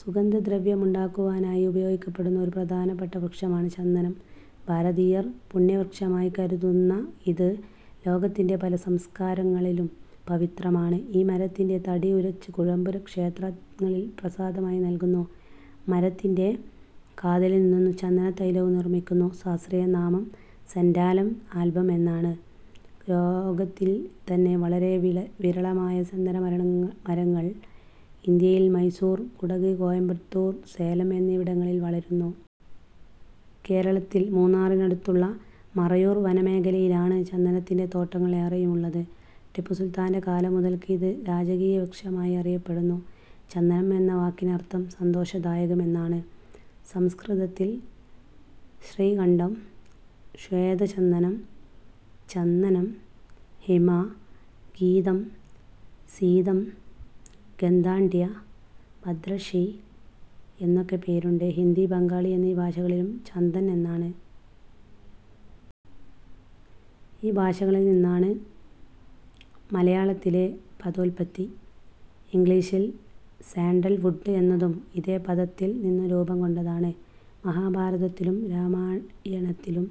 സുഗന്ധദ്രവ്യമുണ്ടാക്കുവാനായി ഉപയോഗിക്കപ്പെടുന്ന ഒരു പ്രധാനപ്പെട്ട വൃക്ഷമാണ് ചന്ദനം. ഭാരതീയർ പുണ്യവൃക്ഷമായി കരുതുന്ന ഇത്, ലോകത്തിലെ പല സംസ്കാരങ്ങളിലും പവിത്രമാണ്. ഈ മരത്തിന്റെ തടി ഉരച്ച് കുഴമ്പ് ക്ഷേത്രങ്ങളിൽ പ്രസാദമായി നൽകുന്നു. മരത്തിന്റെ കാതലിൽ നിന്നും ചന്ദനത്തൈലവും നിർമ്മിക്കുന്നു. ശാസ്ത്രീയനാമം സന്റാലം ആൽബം എന്നാണ്. ലോകത്തിൽ തന്നെ വളരെ വിരളമായ ചന്ദനമരങ്ങൾ ഇന്ത്യയിൽ മൈസൂർ, കുടക്, കോയമ്പത്തൂർ, സേലം എന്നിവിടങ്ങളിൽ വളരുന്നു. കേരളത്തിൽ മൂന്നാറിനടുത്തുള്ള മറയൂർ വനമേഖലയിലാണ് ചന്ദനത്തിന്റെ തോട്ടങ്ങൾ ഏറെയും ഉള്ളത്. ടിപ്പുസുൽത്താന്റെ കാലം മുതൽക്ക് ഇത് രാജകീയവൃക്ഷമായി അറിയപ്പെടുന്നു. ചന്ദനം എന്ന വാക്കിനർത്ഥം സന്തോഷദായകം എന്നാണ്. സംസ്കൃതത്തിൽ ശ്രീഖണ്ഡം, ശ്വേതചന്ദനം, ചന്ദനം, ഹിമഃ, ശീതം, സീതം, ഗന്ധാഢ്യഃ, ഭദ്രശ്രീ എന്നൊക്കെ പേരുണ്ട്. ഹിന്ദി, ബംഗാളി എന്നീ ഭാഷകളിലും ചന്ദൻ എന്നാണ്. ഈ ഭാഷകളിൽ നിന്നാണ് മലയാളത്തിലെ പദോല്പത്തി. ഇംഗ്ലീഷിൽ സാൻഡൽ വുഡ് എന്നതും ഇതേ പദത്തിൽ നിന്ന് രൂപം കൊണ്ടതാണ്. മഹാഭാരതത്തിലും രാമായണത്തിലും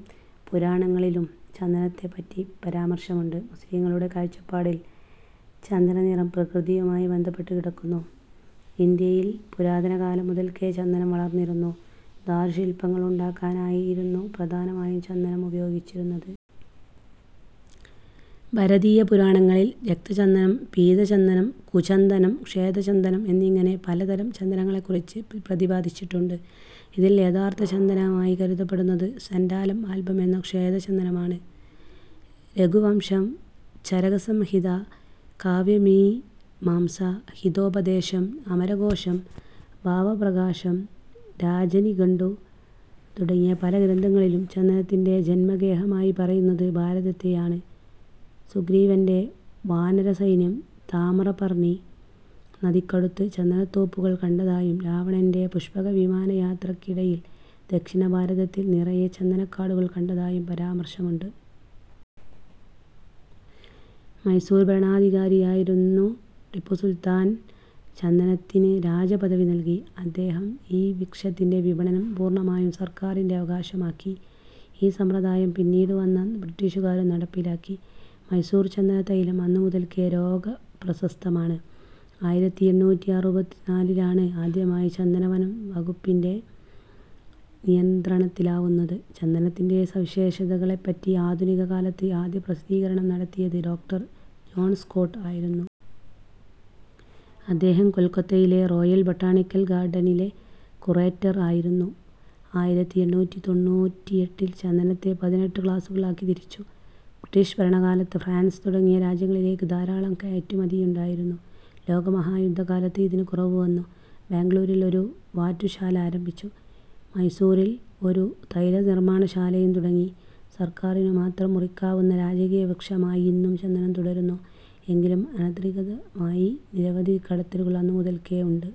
പുരാണങ്ങളിലും ചന്ദനത്തെപ്പറ്റി പരാമർശമുണ്ട്. മുസ്ലീങ്ങളുടെ കാഴ്ചപ്പാടിൽ ചന്ദന നിറം പ്രകൃതിയുമായി ബന്ധപ്പെട്ട് കിടക്കുന്നു. ഇന്ത്യയിൽ പുരാതനകാലം മുതൽക്കേ ചന്ദനം വളർന്നിരുന്നു. ദാരുശില്പങ്ങളുണ്ടാക്കാനായിരുന്നു പ്രധാനമായും ചന്ദനം ഉപയോഗിച്ചിരുന്നത്. ഭരതീയപുരാണങ്ങളിൽ രക്തചന്ദനം, പീതചന്ദനം, കുചന്ദനം ,ശ്വേതചന്ദനം എന്നിങ്ങനെ പലതരം ചന്ദനങ്ങളെക്കുറിച്ച് പ്രതിപാദിച്ചിട്ടുണ്ട്. ഇതിൽ യഥാർത്ഥ ചന്ദനമായി കരുതപ്പെടുന്നത് സന്റാലം ആൽബം എന്ന ശ്വേത ചന്ദനമാണ്. രഘുവംശം, ചരകസംഹിത, കാവ്യമീമാംസ, ഹിതോപദേശം, അമരകോശം, ഭാവപ്രകാശം, രാജനിഘണ്ടു തുടങ്ങിയ പല ഗ്രന്ഥങ്ങളിലും ചന്ദനത്തിന്റെ ജന്മഗേഹമായി പറയുന്നത് ഭാരതത്തെയാണ്. സുഗ്രീവന്റെ വാനരസൈന്യം താമ്രപർണ്ണി നദിക്കടുത്ത് ചന്ദനത്തോപ്പുകൾ കണ്ടതായും രാവണന്റെ പുഷ്പകവിമാനയാത്രക്കിടയിൽ ദക്ഷിണഭാരതത്തിൽ നിറയെ ചന്ദനക്കാടുകൾ കണ്ടതായും പരാമർശമുണ്ട്. മൈസൂർ ഭരണാധികാരിയായിരുന്നു ടിപ്പുസുൽത്താൻ ചന്ദനത്തിന് രാജ പദവി നൽകി. അദ്ദേഹം ഈ വൃക്ഷത്തിന്റെ വിപണനം പൂർണ്ണമായും സർക്കാരിന്റെ അവകാശമാക്കി. ഈ സമ്പ്രദായം പിന്നീടുവന്ന ബ്രിട്ടീഷുകാരും നടപ്പിലാക്കി. മൈസൂർ ചന്ദനത്തൈലം അന്നുമുതൽക്കേ ലോകപ്രശസ്തമാണ്. ആയിരത്തിഎണ്ണൂറ്റിഅറുപത്തിനാലിലാണ് ആദ്യമായി ചന്ദനം വനം വകുപ്പിന്റെ നിയന്ത്രണത്തിലാകുന്നത്. ചന്ദനത്തിന്റെ സവിശേഷതകളെപ്പറ്റി ആധുനിക കാലത്ത് ആദ്യപ്രസിദ്ധീകരണം നടത്തിയത് ഡോക്ടർ ജോൺ സ്കോട്ട് ആയിരുന്നു. അദ്ദേഹം കൊൽക്കത്തയിലെ റോയൽ ബൊട്ടാണിക്കൽ ഗാർഡനിലെ കുറേറ്റർ ആയിരുന്നു. ആയിരത്തിഎണ്ണൂറ്റിതൊണ്ണൂറ്റിഎട്ടിൽ ചന്ദനത്തെ പതിനെട്ട് ക്ലാസുകളാക്കി തിരിച്ചു. ബ്രിട്ടീഷ് ഭരണകാലത്ത് ഫ്രാൻസ് തുടങ്ങിയ രാജ്യങ്ങളിലേക്ക് ധാരാളം കയറ്റുമതിയുണ്ടായിരുന്നു. ലോകമഹായുദ്ധകാലത്ത് ഇതിന് കുറവ് വന്നു. ബാംഗ്ലൂരിൽ ഒരു വാറ്റുശാല ആരംഭിച്ചു. മൈസൂറിൽ ഒരു തൈലനിർമ്മാണശാലയും തുടങ്ങി. സർക്കാരിനുമാത്രം മുറിക്കാവുന്ന രാജകീയവൃക്ഷമായി ഇന്നും ചന്ദനം തുടരുന്നു എങ്കിലും അനധികൃതമായി നിരവധി കടത്തലുകൾ അന്നുമുതൽക്കേ ഉണ്ട്.